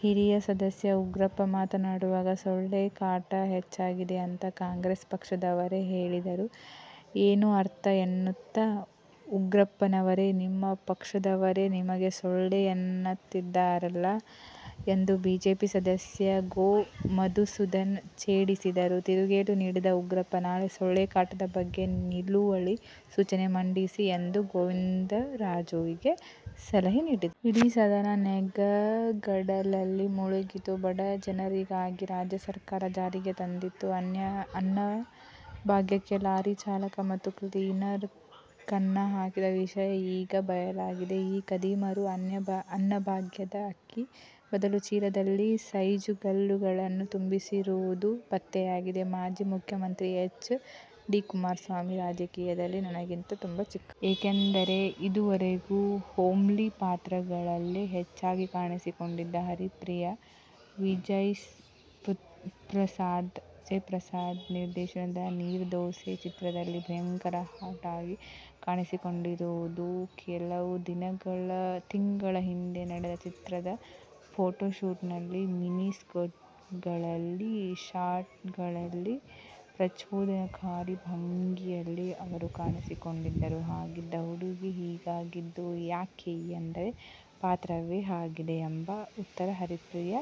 "ಹಿರಿಯ ಸದಸ್ಯ ಉಗ್ರಪ್ಪ ಮಾತನಾಡುವಾಗ ಸೊಳ್ಳೆ ಕಾಟ ಹೆಚ್ಚಾಗಿದೆ ಅಂತ ಕಾಂಗ್ರೆಸ್ ಪಕ್ಷದವರೇ ಹೇಳಿದರೆ ಏನು ಅರ್ಥ ಎನ್ನುತ್ತ, "ಉಗ್ರಪ್ಪನವರೇ ನಿಮ್ಮ ಪಕ್ಷದವರೇ ನಿಮಗೆ ಸೊಳ್ಳೆ ಎನ್ನುತ್ತಿದ್ದಾರಲ್ಲ' ಎಂದು ಬಿಜೆಪಿ ಸದಸ್ಯ ಗೋ. ಮಧುಸೂದನ್ ಛೇಡಿಸಿದರು. ತಿರುಗೇಟು ನೀಡಿದ ಉಗ್ರಪ್ಪ, "ನಾಳೆ ಸೊಳ್ಳೆ ಕಾಟದ ಬಗ್ಗೆ ನಿಲುವಳಿ ಸೂಚನೆ ಮಂಡಿಸಿ' ಎಂದು ಗೋವಿಂದರಾಜುಗೆ ಸಲಹೆ ನೀಡಿದರು. ಇಡೀ ಸದನ ನಗೆಗಡಲಲ್ಲಿ ಮುಳುಗಿತು. ಬಡಜನರಿಗಾಗಿ ರಾಜ್ಯ ಸರ್ಕಾರ ಜಾರಿಗೆ ತಂದಿದ್ದ ಅನ್ನಭಾಗ್ಯಕ್ಕೆ ಲಾರಿ ಚಾಲಕ ಮತ್ತು ಕ್ಲೀನರ್ ಕನ್ನ ಹಾಕಿದ ವಿಷಯ ಈಗ ಬಯಲಾಗಿದೆ. ಈ ಖದೀಮರು ಅನ್ನಭಾಗ್ಯದ ಅಕ್ಕಿ ಬದಲು ಚೀಲದಲ್ಲಿ ಸೈಜುಗಲ್ಲುಗಳನ್ನು ತುಂಬಿಸಿರುವುದು ಪತ್ತೆಯಾಗಿದೆ. ಮಾಜಿ ಮುಖ್ಯಮಂತ್ರಿ ಎಚ್. ಡಿ. ಕುಮಾರಸ್ವಾಮಿ ರಾಜಕೀಯದಲ್ಲಿ ನನಗಿಂತ ತುಂಬಾ ಚಿಕ್ಕವರು. ಏಕೆಂದರೆ, ಇದುವರೆಗೂ ಹೋಮ್ಲಿ ಪಾತ್ರಗಳಲ್ಲೇ ಹೆಚ್ಚಾಗಿ ಕಾಣಿಸಿಕೊಂಡಿದ್ದ ಹರಿಪ್ರಿಯಾ, ವಿಜಯ್ಪ್ರಸಾದ್ ನಿರ್ದೇಶನದ "ನೀರ್ದೋಸೆ' ಚಿತ್ರದಲ್ಲಿ ಭಯಂಕರ ಹಾಟ್ ಆಗಿ ಕಾಣಿಸಿಕೊಂಡಿರುವುದು. ಕೆಲವು ತಿಂಗಳ ಹಿಂದೆ ನಡೆದ ಚಿತ್ರದ ಫೋಟೋಶೂಟ್ನಲ್ಲಿ ಮಿನಿ ಸ್ಕರ್ಟ್ಗಳಲ್ಲಿ, ಶಾರ್ಟ್ಗಳಲ್ಲಿ ಪ್ರಚೋದನಕಾರಿ ಭಂಗಿಯಲ್ಲಿ ಅವರು ಕಾಣಿಸಿಕೊಂಡಿದ್ದರು. ಹಾಗಿದ್ದ ಹುಡುಗಿ, ಹೀಗಾಗಿದ್ದು ಯಾಕೆ ಎಂದರೆ ಪಾತ್ರವೇ ಹಾಗಿದೆ ಎಂಬ ಉತ್ತರ ಹರಿಪ್ರಿಯಾ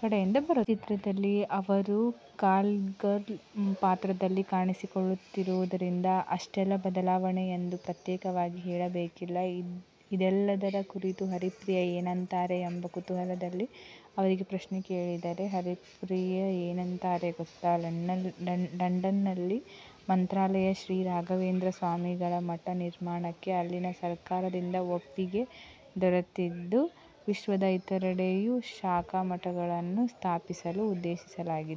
ಕಡೆಯಿಂದ ಬರುತ್ತದೆ. ಈ ಚಿತ್ರದಲ್ಲಿ ಅವರು ಕಾಲ್ಗರ್ಲ್ ಪಾತ್ರದಲ್ಲಿ ಕಾಣಿಸಿಕೊಳ್ಳುತ್ತಿರುವುದರಿಂದ ಅಷ್ಟೆಲ್ಲಾ ಬದಲಾವಣೆ ಎಂದು ಪ್ರತ್ಯೇಕವಾಗಿ ಹೇಳಬೇಕಿಲ್ಲ. ಇದೆಲ್ಲದರ ಕುರಿತು ಹರಿಪ್ರಿಯಾ ಏನಂತಾರೆ ಎಂಬ ಕುತೂಹಲದಲ್ಲಿ ಅವರಿಗೆ ಪ್ರಶ್ನೆ ಕೇಳಿದರೆ, ಹರಿಪ್ರಿಯಾ ಏನಂತಾರೆ ಗೊತ್ತಾ? ಲಂಡನ್ನಲ್ಲಿ ಮಂತ್ರಾಲಯ ಶ್ರೀ ರಾಘವೇಂದ್ರ ಸ್ವಾಮಿಗಳ ಮಠ ನಿರ್ಮಾಣಕ್ಕೆ ಅಲ್ಲಿನ ಸರ್ಕಾರದಿಂದ ಒಪ್ಪಿಗೆ ದೊರೆತಿದ್ದು, ವಿಶ್ವದ ಇತರೆಡೆಯೂ ಶಾಖಾ ಮಠಗಳನ್ನು ಸ್ಥಾಪಿಸಲು ಉದ್ದೇಶಿಸಲಾಗಿದೆ.